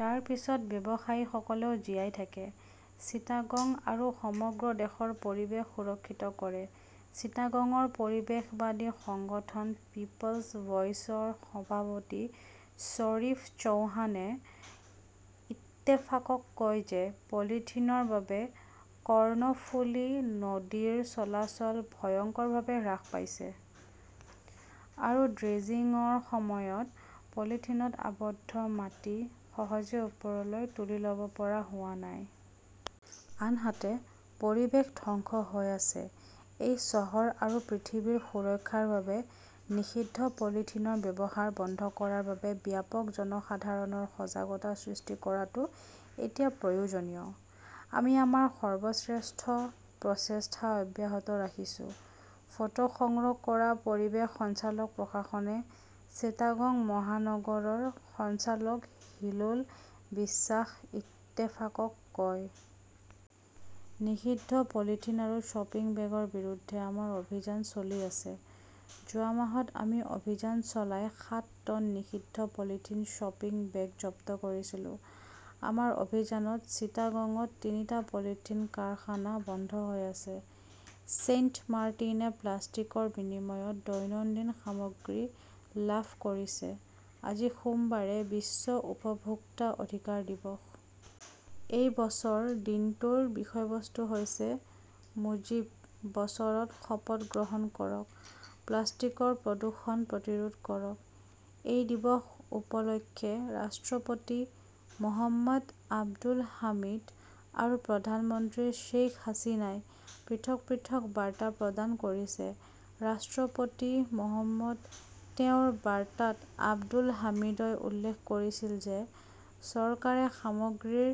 তাৰ পিছত ব্যৱসায়ীসকলেও জীয়াই থাকে, চিটাগং আৰু সমগ্ৰ দেশৰ পৰিৱেশ সুৰক্ষিত কৰে। চিটাগংৰ পৰিৱেশবাদী সংগঠন পিপলছ ভইচৰ সভাপতি শ্বৰীফ চৌহানে ইত্তেফাকক কয় যে, পলিথিনৰ বাবে কৰ্ণফুলি নদীৰ চলাচল ভয়ংকৰভাৱে হ্ৰাস পাইছে, আৰু ড্ৰেজিংৰ সময়ত পলিথিনত আবদ্ধ মাটি সহজে ওপৰলৈ তুলি ল'ব পৰা হোৱা নাই। আনহাতে, পৰিৱেশ ধ্বংস হৈ আছে। এই চহৰ আৰু পৃথিৱীৰ সুৰক্ষাৰ বাবে নিষিদ্ধ পলিথিনৰ ব্যৱহাৰ বন্ধ কৰাৰ বাবে ব্যাপক জনসাধাৰণৰ সজাগতা সৃষ্টি কৰাটো এতিয়া প্ৰয়োজনীয়। আমি আমাৰ সৰ্বশ্ৰেষ্ঠ প্ৰচেষ্টা অব্যাহত ৰাখিছো, ফটো সংগ্ৰহ কৰা পৰিৱেশ সঞ্চালক প্ৰশাসনে চিটাগং মহানগৰৰ সঞ্চালক হিলোল বিশ্বাস ইত্তেফাকক কয়। নিষিদ্ধ পলিথিন আৰু শ্বপিং বেগৰ বিৰুদ্ধে আমাৰ অভিযান চলি আছে। যোৱা মাহত আমি অভিযান চলাই সাত টন নিষিদ্ধ পলিথিন, শ্বপিং বেগ জব্দ কৰিছিলো। আমাৰ অভিযানত চিটাগঙত তিনিটা পলিথিন কাৰখানা বন্ধ হৈ আছে। ছেইণ্টমাৰ্টিনে প্লাষ্টিকৰ বিনিময়ত দৈনন্দিন সামগ্ৰী লাভ কৰিছে আজি সোমবাৰে বিশ্ব উপভোক্তা অধিকাৰ দিৱস। এই বছৰ দিনটোৰ বিষয়বস্তু হৈছে, 'মুজীব বছৰত শপত গ্ৰহণ কৰক, প্লাষ্টিকৰ প্ৰদূষণ প্ৰতিৰোধ কৰক'। এই দিৱস উপলক্ষে ৰাষ্ট্ৰপতি মো. আব্দুল হামিদ আৰু প্ৰধানমন্ত্ৰী শ্বেইখ হাছিনাই পৃথক পৃথক বাৰ্তা প্ৰদান কৰিছে। ৰাষ্ট্ৰপতি মো. তেওঁৰ বাৰ্তাত আব্দুল হামিদই উল্লেখ কৰিছিল যে, চৰকাৰে সামগ্ৰীৰ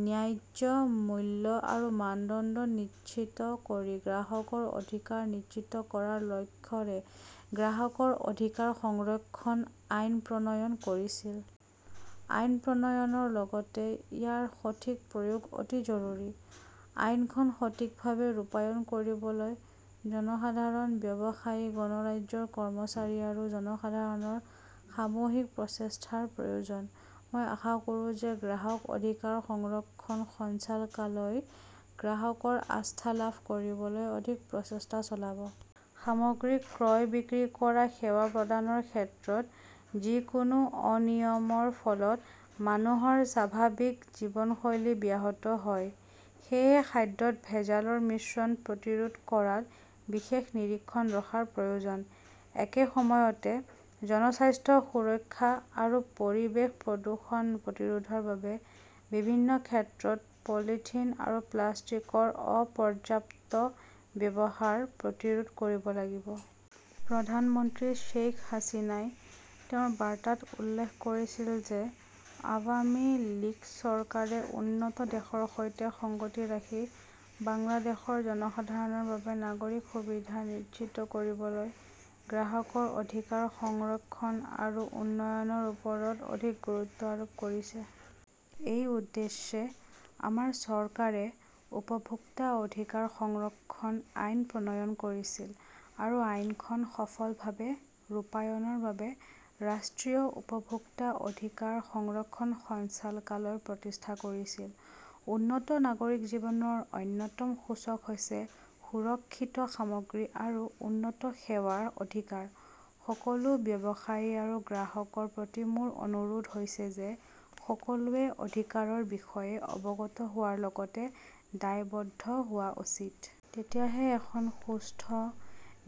ন্যায্য মূল্য আৰু মানদণ্ড নিশ্চিত কৰি গ্ৰাহকৰ অধিকাৰ নিশ্চিত কৰাৰ লক্ষ্যৰে 'গ্ৰাহকৰ অধিকাৰ সংৰক্ষণ আইন'প্ৰণয়ন কৰিছিল। আইন প্ৰণয়নৰ লগতে ইয়াৰ সঠিক প্ৰয়োগ অতি জৰুৰী। আইনখন সঠিকভাৱে ৰূপায়ণ কৰিবলৈ জনসাধাৰণ, ব্যৱসায়ী, গণৰাজ্যৰ কৰ্মচাৰী আৰু জনসাধাৰণৰ সামূহিক প্ৰচেষ্টাৰ প্ৰয়োজন। মই আশা কৰোঁ যে, গ্ৰাহক অধিকাৰ সংৰক্ষণ সঞ্চালকালয়ই গ্ৰাহকৰ আস্থা লাভ কৰিবলৈ অধিক প্ৰচেষ্টা চলাব। সামগ্ৰী ক্ৰয় বিক্ৰী আৰু সেৱা প্ৰদানৰ ক্ষেত্ৰত যিকোনো অনিয়মৰ ফলত মানুহৰ স্বাভাৱিক জীৱনশৈলী ব্যাহত হয়। সেয়েহে খাদ্যত ভেজালৰ মিশ্ৰণ প্ৰতিৰোধ কৰাত বিশেষ নিৰীক্ষণ ৰখাৰ প্ৰয়োজন। একে সময়তে, জনস্বাস্থ্য সুৰক্ষা আৰু পৰিৱেশ প্ৰদূষণ প্ৰতিৰোধৰ বাবে বিভিন্ন ক্ষেত্ৰত পলিথিন আৰু প্লাষ্টিকৰ অপৰ্যাপ্ত ব্যৱহাৰ প্ৰতিৰোধ কৰিব লাগিব। প্ৰধানমন্ত্ৰী শ্বেইখ হাছিনাই তেওঁৰ বাৰ্তাত উল্লেখ কৰিছিল যে আৱামী লীগ চৰকাৰে উন্নত দেশৰ সৈতে সংগতি ৰাখি বাংলাদেশৰ জনসাধাৰণৰ বাবে নাগৰিক সুবিধা নিশ্চিত কৰিবলৈ গ্ৰাহকৰ অধিকাৰ সংৰক্ষণ আৰু উন্নয়নৰ ওপৰত অধিক গুৰুত্ব আৰোপ কৰিছে। এই উদ্দেশ্যে, আমাৰ চৰকাৰে 'উপভোক্তা-অধিকাৰ সংৰক্ষণ আইন' প্ৰণয়ন কৰিছিল আৰু আইনখন সফলভাৱে ৰূপায়ণৰ বাবে ৰাষ্ট্ৰীয় উপভোক্তা অধিকাৰ সংৰক্ষণ সঞ্চালকালয় প্ৰতিষ্ঠা কৰিছিল। উন্নত নাগৰিক জীৱনৰ অন্যতম সূচক হৈছে, সুৰক্ষিত সামগ্ৰী আৰু উন্নত সেৱাৰ অধিকাৰ। সকলো ব্যৱসায়ী আৰু গ্ৰাহকৰ প্ৰতি মোৰ অনুৰোধ হৈছে যে, সকলোৱে অধিকাৰৰ বিষয়ে অৱগত হোৱাৰ লগতে দায়বদ্ধ হোৱা উচিত। তেতিয়াহে এখন সুস্থ,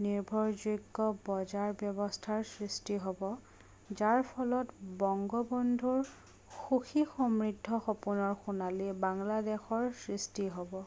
নিৰ্ভৰযোগ্য বজাৰ ব্যৱস্থাৰ সৃষ্টি হ 'ব যাৰ ফলত বংগবন্ধুৰ সুখী সমৃদ্ধ সপোনৰ সোণালী বাংলাদেশৰ সৃষ্টি হ' ব।